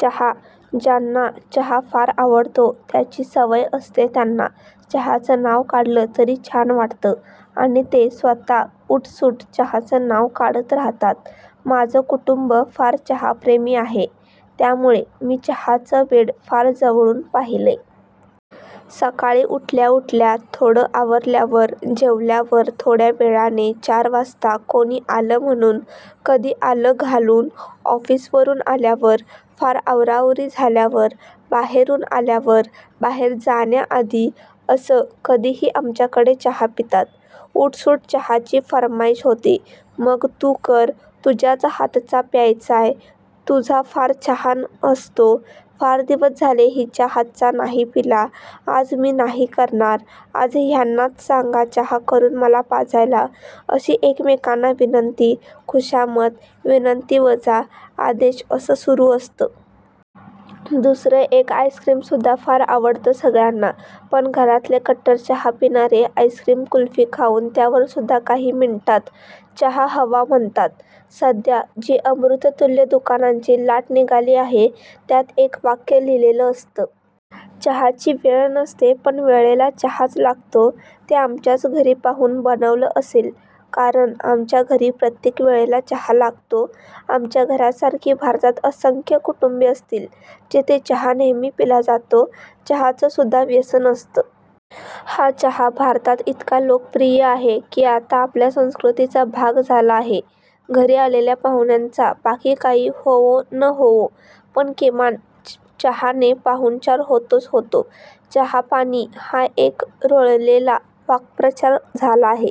चहा. ज्यांना चहा फार आवडतो, त्याची सवय असते त्यांना चहाचं नाव काढलं तरी छान वाटतं आणि ते स्वतः उठसूट चहाचं नाव काढत राहतात. माझं कुटुंब फार चहाप्रेमी आहे, त्यामुळे मी चहाचं वेड फार जवळून पाहिलंय. सकाळी उठल्या उठल्या, थोडं आवरल्यावर, जेवल्यावर थोड्यावेळाने, चार वाजता, कोणी आलं म्हणून, कधी आलं घालून, ऑफिसातून आल्यावर, फार आवराआवरी झाल्यावर, बाहेरून आल्यावर, बाहेर जाण्याआधी असं कधीही आमच्याकडे चहा पितात. उठसूट चहाची फर्माईश होते, मग तू कर, तुझ्याच हातचा प्यायचाय, तुझा फारच छान असतो, फार दिवस झाले हिच्या हातचा नाही पिला, आज मी नाही करणार, आज ह्यांनाच सांगा चहा करून मला पाजायला, अशी एकमेकांना विनंती, खुशामत, विनंतीवजा आदेश असं सुरु असतं. दुसरं एक आईस्क्रीम सुद्धा फार आवडत सगळ्यांना पण घरातले कट्टर चहा पिणारे आईस्क्रीम कुल्फी खाऊन त्यावर सुद्धा काही मिनिटात चहा हवा म्हणतात. सध्या जी अमृततुल्य दुकानांची लाट निघाली आहे त्यात एक वाक्य लिहिलेलं असतं. चहाची वेळ नसते पण वेळेला चहाच लागतो. ते आमच्याच घरी पाहून बनवलं असेल कारण आमच्या घरी प्रत्येक वेळेला चहा लागतो. आमच्या घरासारखी भारतात असंख्य कुटुंबे असतील जिथे चहा नेहमी पिला जातो. चहाचं सुद्धा व्यसन असतं. हा चहा भारतात इतका लोकप्रिय आहे कि आता आपल्या संस्कृतीचा भाग झाला आहे. घरी आलेल्या पाहुण्यांचा बाकी काही होवो न होवो पण किमान चहाने पाहुणचार होतोच होतो. चहापाणी हा एक रुळलेला वाक्प्रचार झाला आहे.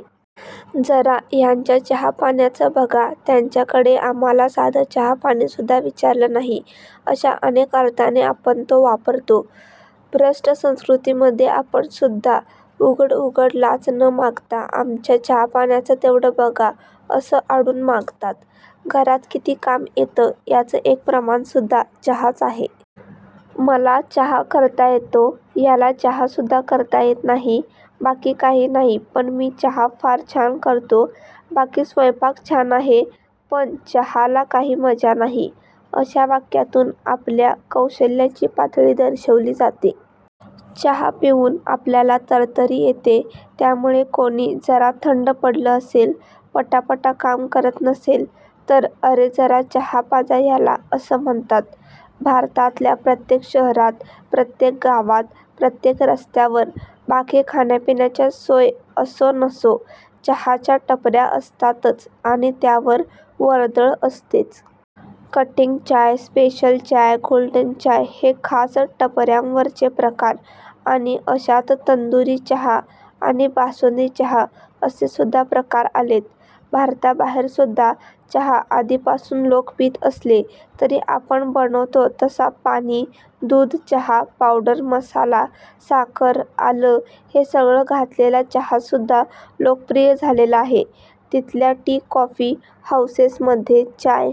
जरा ह्यांच्या चहापाण्याचं बघा, त्यांच्याकडे आम्हाला साधं चहापाणीसुद्धा विचारलं नाही अशा अनेक अर्थाने आपण तो वापरतो. भ्रष्टसंस्कृती मध्ये सुद्धा उघड उघड लाच न मागता आमच्या चहापाण्याचं तेवढं बघा असं आडून मागतात. घरात किती काम येत याच एक प्रमाण सुद्धा चहाच आहे. मला चहा करता येतो, ह्याला चहासुद्धा करता येत नाही, बाकी काही नाही पण मी चहा फार छान करतो, बाकी स्वयंपाक छान आहे पण चहाला काही मजा नाही, अशा वाक्यातून आपल्या कौशल्याची पातळी दर्शवली जाते. चहा पिऊन आपल्याला तरतरी येते. त्यामुळे कोणी जरा थंड पडलं असेल, पटापट काम करत नसेल तर अरे जरा चहा पाजा ह्याला असं म्हणतात. भारतातल्या प्रत्येक शहरात, प्रत्येक गावात, प्रत्येक रस्त्यावर बाकी खाण्यापिण्याची सोय असो नसो, चहाच्या टपऱ्या असतातच आणि त्यावर वर्दळ असतेच. कटिंग चाय, स्पेशल चाय, गोल्डन चाय हे खास टपऱ्यांवरचे प्रकार आणि अशात तंदुरी चहा आणि बासुंदी चहा असेसुद्धा प्रकार आलेत. भारताबाहेरसुद्धा चहा आधीपासून लोक पीत असले तरी आपण बनवतो तसा पाणी दूध चहा पावडर मसाला, साखर, आलं हे सगळं घातलेला चहा सुद्धा लोकप्रिय झालेला आहे. तिथल्या टी कॉफी हाऊसेस मध्ये चाय